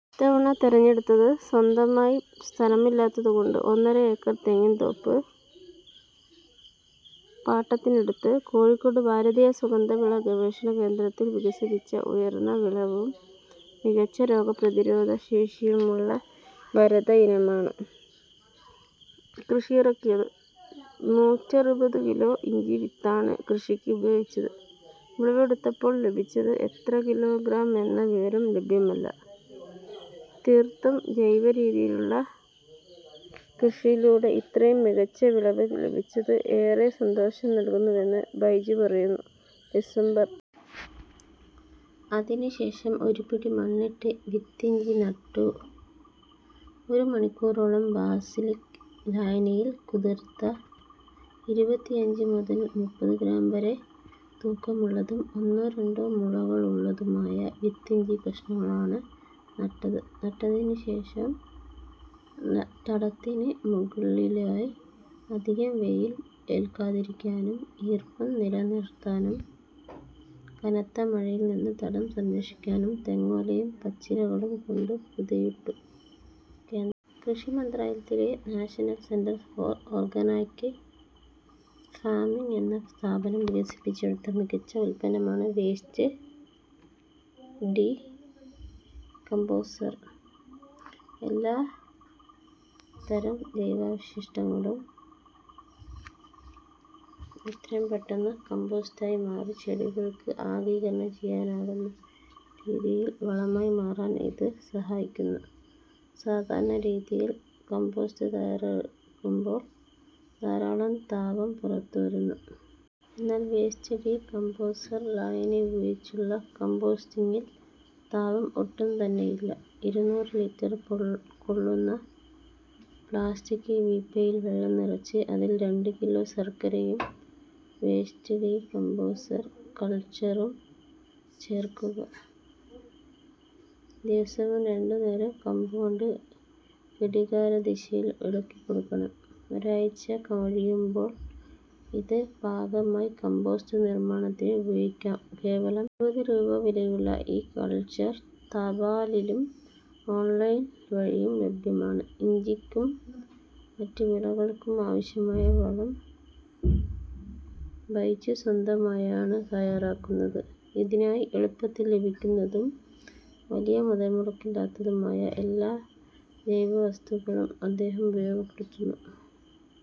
ഇത്തവണ തിരഞ്ഞെടുത്തത്. സ്വന്തമായി സ്ഥലമില്ലാത്തതുകൊണ്ട് ഒന്നര ഏക്കർ തെങ്ങിൻതോപ്പ് പാട്ടത്തിനെടുത്ത്. കോഴിക്കോട് ഭാരതീയ സുഗന്ധവിള ഗവേഷണകേന്ദ്രത്തിൽ വികസിപ്പിച്ച ഉയർന്ന വിളവും മികച്ച രോഗപ്രതിരോധശേഷിയുമുള്ള വരദ ഇനമാണ് കൃഷിയിറക്കിയത്. നൂറ്ററുപത് കിലോ ഇഞ്ചിവിത്താണ് കൃഷിക്ക് ഉപയോഗിച്ചത്. വിളവെടുത്തപ്പോൾ ലഭിച്ചത് എത്ര കിലോഗ്രാം എന്ന വിവരം ലഭ്യമല്ല. തീർത്തും ജൈവരീതിയിലുള്ള കൃഷിയിലൂടെ ഇത്രയും മികച്ച വിളവ് ലഭിച്ചത് ഏറെ സന്തോഷം നൽകുന്നുവെന്ന് ബൈജു പറയുന്നു. ഡിസംബർ അതിനുശേഷം ഒരുപിടി മണ്ണിട്ട് വിത്തിഞ്ചി നട്ടു.ഒരു മണിക്കൂറോളം ബാസിലിക് ലായനിയിൽ കുതിർത്ത ഇരുപത്തിയഞ്ച് മുതൽ മുപ്പത് ഗ്രാം വരെ തൂക്കമുള്ളതും ഒന്നോ രണ്ടോ മുളകളുള്ളതുമായ വിത്തിഞ്ചിക്കഷണമാണ് നട്ടത്. നട്ടതിനുശേഷം തടത്തിനു മുകളിലായി അധികം വെയിൽ ഏൽക്കാതിരിക്കാനും ഈർപ്പം നിലനിർത്താനും കനത്ത മഴയിൽനിന്ന് തടം സംരക്ഷിക്കാനും തെങ്ങോലയും പച്ചിലകളുംകൊണ്ട് പുതയിട്ടു. കേന്ദ്ര കൃഷിമന്ത്രാലയത്തിലെ National Centre for Organic Farming എന്ന സ്ഥാപനം വികസിപ്പിച്ചെടുത്ത മികച്ച ഉൽപന്നമാണ് വേസ്റ്റ് ഡീ കമ്പോസർ. എല്ലാ ത്തരം ജൈവാവശിഷ്ടങ്ങളും എത്രയും പെട്ടെന്ന് കമ്പോസ്റ്റായി മാറി ചെടികൾക്ക് ആഗിരണം ചെയ്യാനാകുന്ന രീതിയിൽ വളമായി മാറാൻ ഇത് സഹായിക്കുന്നു. സാധാരണഗതിയിൽ കമ്പോസ്റ്റ് തയാറാക്കുമ്പോൾ ധാരാളം താപം പുറത്തുവരുന്നു. എന്നാൽ വേസ്റ്റ് ഡീ കമ്പോസർ ലായനി ഉപയോഗിച്ചുള്ള കമ്പോസ്റ്റിങ്ങിൽ താപം ഒട്ടുംതന്നെയില്ല. ഇരുനൂറ് ലീറ്റർ കൊള്ള് കൊള്ളുന്ന പ്ലാസ്റ്റിക് വീപ്പയിൽ വെള്ളം നിറച്ച് അതിൽ രണ്ട് കിലോ ശർക്കരയും വേസ്റ്റ് ഡീ കമ്പോസർ കൾച്ചറും ചേർക്കുക. ദിവസവും രണ്ടു നേരം കമ്പുകൊണ്ട് ഘടികാരദിശയിൽ ഇളക്കിക്കൊടുക്കണം. ഒരാഴ്ച കഴിയുമ്പോൾ ഇത് പാകമായി കമ്പോസ്റ്റ് നിർമാണത്തിന് ഉപയോഗിക്കാം. കേവലം ഇരുപത് രൂപ വിലയുള്ള ഈ കൾച്ചർ തപാലിലും ഓൺലൈൻ വഴിയും ലഭ്യമാണ്. ഇഞ്ചിക്കും മറ്റു വിളകൾക്കും ആവശ്യമായ വളം ബൈജു സ്വന്തമായാണ് തയാറാക്കുന്നത്. ഇതിനായി എളുപ്പത്തിൽ ലഭിക്കുന്നതും വലിയ മുതൽമുടക്കില്ലാത്തതുമായ എല്ലാ ജൈവവസ്തുക്കളും അദ്ദേഹം ഉപയോഗപ്പെടുത്തുന്നു.